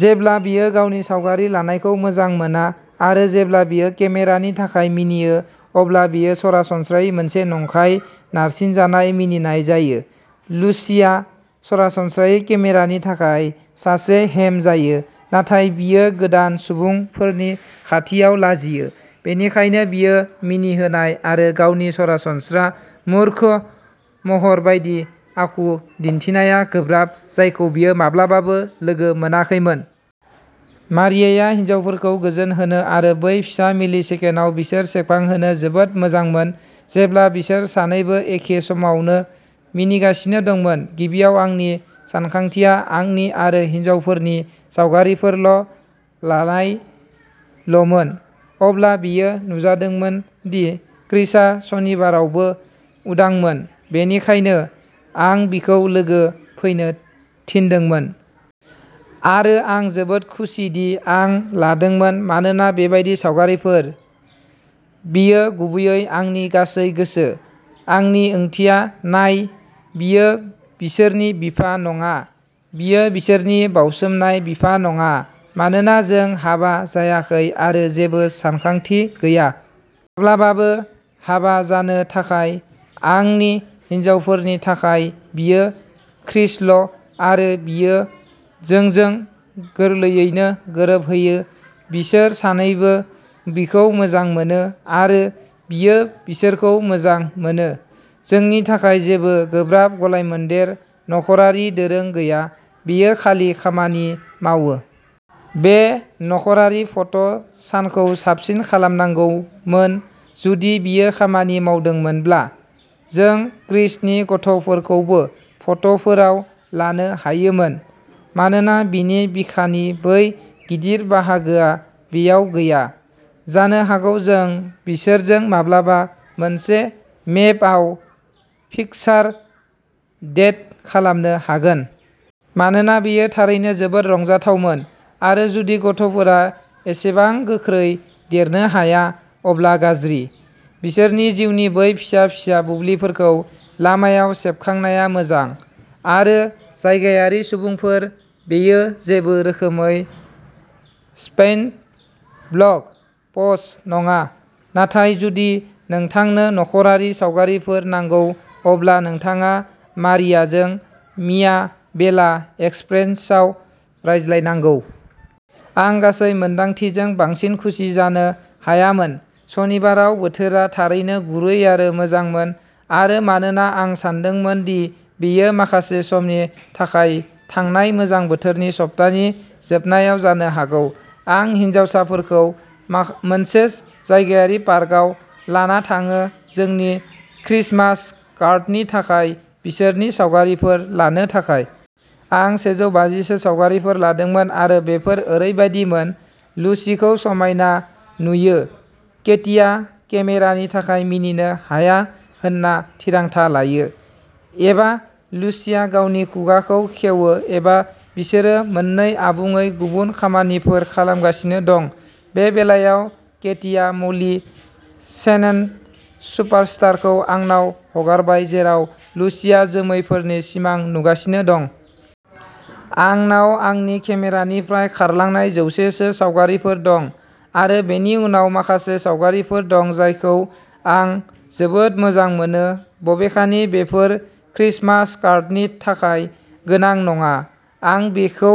जेब्ला बियो गावनि सावगारि लानायखौ मोजां मोना, आरो जेब्ला बियो केमेरानि थाखाय मिनियो, अब्ला बियो सरासनस्रायै मोनसे नंखाय नारसिनजानाय मिनिनाय जायो। लुसिआ सरासनस्रायै केमेरानि थाखाय सासे हेम जायो, नाथाय बियो गोदान सुबुंफोरनि खाथियाव लाजियो, बेनिखायनो बियो मिनिहोनाय आरो गावनि सरासनस्रा मूर्ख महर बायदि आखु दिन्थिनाया गोब्राब, जायखौ बियो माब्लाबाबो लोगो मोनाखैमोन। मारियाया हिनजावफोरखौ गोजोन होनो आरो बै फिसा मिलिसेकेन्डआव बिसोरखौ सेबखांहोनो जोबोद मोजांमोन, जेब्ला बिसोर सानैबो एखे समावनो मिनिगासिनो दंमोन। गिबियाव, आंनि सानखांथिआ आंनि आरो हिनजावफोरनि सावगारिफोर लायनायल'मोन। अब्ला बेयो नुजादोंमोन दि क्रिसआ सनिबारावबो उदांमोन, बेनिखायनो आं बिखौ लोगो फैनो थिनदोंमोन। आरो आं जोबोद खुसिदि आं लादोंमोन, मानोना बेबादि सावगारिफोर? बेयो गुबैयै आंनि गासै गोसो। आंनि ओंथिया, नाय, बियो बिसोरनि बिफा नङा। बियो बिसोरनि बावसोमनाय बिफा नङा, मानोना जों हाबा जायाखै आरो जेबो सानखांथि गैया। माब्लाबाबो हाबा जानो थाखाय। आंनि हिनजावफोरनि थाखाय, बियो क्रिसल' आरो बियो जोंजों गोरलैयैनो गोरोबहैयो। बिसोर सानैबो बिखौ मोजां मोनो, आरो बियो बिसोरखौ मोजां मोनो। जोंनि थाखाय जेबो गोब्राब गलायमोन्देर नख'रारि दोरों गैया, बेयो खालि खामानि मावो। बे नख'रारि फट' सानखौ साबसिन खालामनांगौमोन जुदि बियो खामानि मावदोंमोनब्ला जों क्रिसनि गथ'फोरखौबो फट'फोराव लानो हायोमोन। मानोना बिनि बिखानि बै गिदिर बाहागोआ बेयाव गैया। जानो हागौ जों बिसोरजों माब्लाबा मोनसे मेपआव पिकचार डेट खालामनो हागोन। मानोना बेयो थारैनो जोबोद रंजाथावमोन, आरो जुदि गथ'फोरा एसेबां गोख्रै देरनो हाया अब्ला गाज्रि। बिसोरनि जिउनि बै फिसा-फिसा बुब्लिफोरखौ लामायाव सेबखांनाया मोजां। आरो जायगायारि सुबुंफोर, बेयो जेबो रोखोमै स्पेण्ड ब्लग पस्ट नङा, नाथाय जुदि नोंथांनो नख'रारि सावगारिफोर नांगौ, अब्ला नोंथाङा मारियाजों मिया बेला एक्सप्रेन्सआव रायज्लायनांगौ। आं गासै मोन्दांथिजों बांसिन खुसि जानो हायामोन। सनिबाराव, बोथोरा थारैनो गुरै आरो मोजांमोन, आरो मानोना आं सानदोंमोन दि बेयो माखासे समनि थाखाय थांनाय मोजां बोथोरनि सप्तानि जोबनायाव जानो हागौ, आं हिनजावसाफोरखौ मोनसे जायगायारि पार्कआव लाना थाङो जोंनि क्रिसमास कार्डनि थाखाय बिसोरनि सावगारिफोर लानो थाखाय। आं सेजौबाजि सो सावगारिफोर लादोंमोन, आरो बेफोर ओरैबायदिमोन। लुसीखौ समायना नुयो, केटीआ केमेरानि थाखाय मिनिनो हाया होनना थिरांथा लायो। एबा लुसीया गावनि खुगाखौ खेवो। एबा, बिसोरो मोननै आबुङै गुबुन खामानिफोर खालामगासिनो दं। बे बेलायाव, केटीआ म'ली शेनेन सुपारस्टारखौ आंनाव हगारबाय, जेराव लुसीआ जोमैफोरनि सिमां नुगासिनो दं। आंनाव आंनि केमेरानिफ्राय खारलांनाय जौसे सो सावगारिफोर दं आरो बेनि उनाव माखासे सावगारिफोर दं जायखौ आं जोबोद मोजां मोनो, बबेखानि बेफोर क्रिसमास कार्डनि थाखाय गोनां नङा। आं बेखौ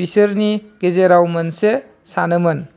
बिसोरनि गेजेराव मोनसे सानोमोन।